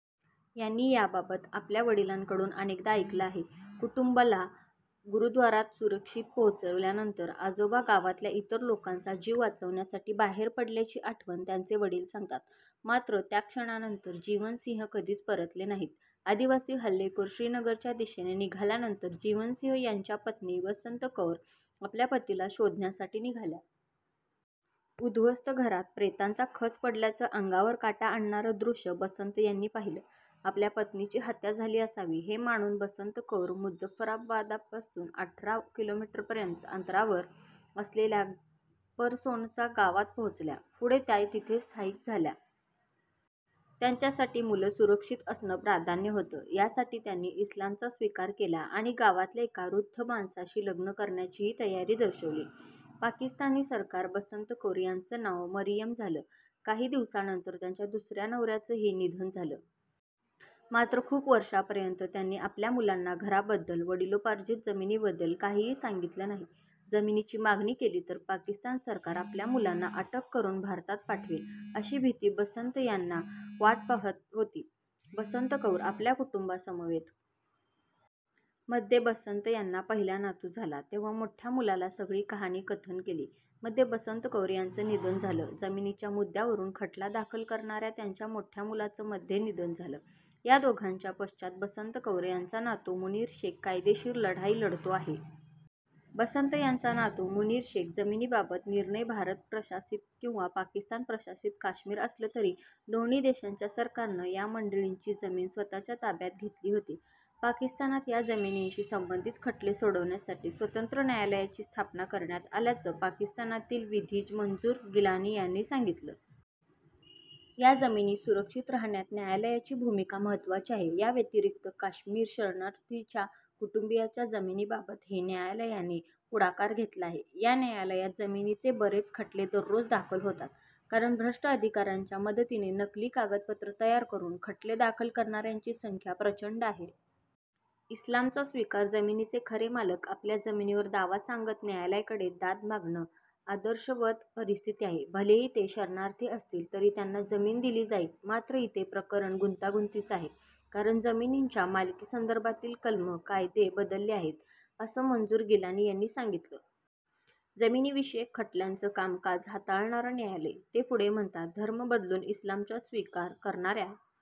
यांनी याबाबत आपल्या वडिलांकडून अनेकदा ऐकलं आहे. कुटुंबाला गुरुद्वारात सुरक्षित पोहोचवल्यानंतर आजोबा गावातल्या इतर लोकांचा जीव वाचवण्यासाठी बाहेर पडल्याची आठवण त्यांचे वडील सांगतात. मात्र त्याक्षणानंतर जीवन सिंह कधीच परतले नाहीत. आदिवासी हल्लेखोर श्रीनगरच्या दिशेने निघाल्यानंतर जीवन सिंह यांच्या पत्नी बसंत कौर आपल्या पतीला शोधण्यासाठी निघाल्या. उदध्वस्त घरात प्रेतांचा खच पडल्याचं अंगावर काटा आणणारं दृश्य बसंत यांनी पाहिलं. आपल्या पत्नीची हत्या झाली असावी, हे मानून बसंत कौर मुजफ्फराबादपासून अठरा किलोमीटरवर अंतरावर असलेल्या परसोनचा गावात पोहोचल्या. पुढे त्या तिथेच स्थायिक झाल्या. त्यांच्यासाठी मुलं सुरक्षित असणं प्राधान्य होतं. यासाठी त्यांनी इस्लामचा स्वीकार केला आणि गावातल्या एका वृद्ध माणसाशी लग्न करण्याचीही तयारी दर्शविली. पाकिस्तान सरकार बसंत कौर यांचं नाव मरियम झालं. काही दिवसांनंतर त्यांच्या दुसऱ्या नवऱ्याचंही निधन झालं. मात्र खूप वर्षांपर्यंत त्यांनी आपल्या मुलांना घराबद्दल, वडिलोपार्जित जमिनीबद्दल काहीही सांगितलं नाही. जमिनीची मागणी केली तर पाकिस्तान सरकार आपल्या मुलांना अटक करून भारतात पाठवेल, अशी भीती बसंत यांना वाटत होती. बसंत कौर आपल्या कुटुंबासमवेत. मध्ये बसंत यांना पहिला नातू झाला. तेव्हा मोठ्या मुलाला सगळी कहाणी कथन केली. मध्ये बसंत कौर यांचं निधन झालं. जमिनीच्या मुद्द्यावरून खटला दाखल करणाऱ्या त्यांच्या मोठ्या मुलाचं मध्ये निधन झालं. या दोघांच्या पश्चात बसंत कौर यांचा नातू मुनीर शेख कायदेशीर लढाई लढतो आहे. बसंत यांचा नातू मुनीर शेख. जमिनीबाबत निर्णय भारत प्रशासित किंवा पाकिस्तान प्रशासित काश्मीर असलं तरी दोन्ही देशांच्या सरकारनं या मंडळींची जमीन स्वत:च्या ताब्यात घेतली होती. पाकिस्तानात या जमिनींशी संबंधित खटले सोडवण्यासाठी स्वतंत्र न्यायालयाची स्थापना करण्यात आल्याचं पाकिस्तानातील विधीज्ञ मंजूर गिलानी यांनी सांगितलं. या जमिनी सुरक्षित राहण्यात न्यायालयाची भूमिका महत्त्वाची आहे. याव्यतिरिक्त काश्मीर शरणार्थींच्या कुटुंबीयांच्या जमिनीबाबतही न्यायालयाने पुढाकार घेतला आहे. या न्यायालयात जमिनींचे बरेच खटले दररोज दाखल होतात. कारण भ्रष्ट अधिकाऱ्यांच्या मदतीने नकली कागदपत्रं तयार करून खटले दाखल करणाऱ्यांची संख्या प्रचंड आहे. इस्लामचा स्वीकार जमिनीचे खरे मालक आपल्या जमिनीवर दावा सांगत न्यायालयाकडे दाद मागणं आदर्शवत परिस्थिती आहे. भलेही ते शरणार्थी असतील तरी त्यांना जमीन दिली जाईल. मात्र इथे प्रकरण गुंतागुंतीचं आहे. कारण जमिनीच्या मालकीसंदर्भातली कलमं, कायदे बदलले आहेत, असं मंजूर गिलानी यांनी सांगितलं. जमिनींविषयक खटल्यांचं कामकाज हाताळणारं न्यायालय. ते पुढे म्हणतात, धर्म बदलून इस्लामच्या स्वीकार करणाऱ्या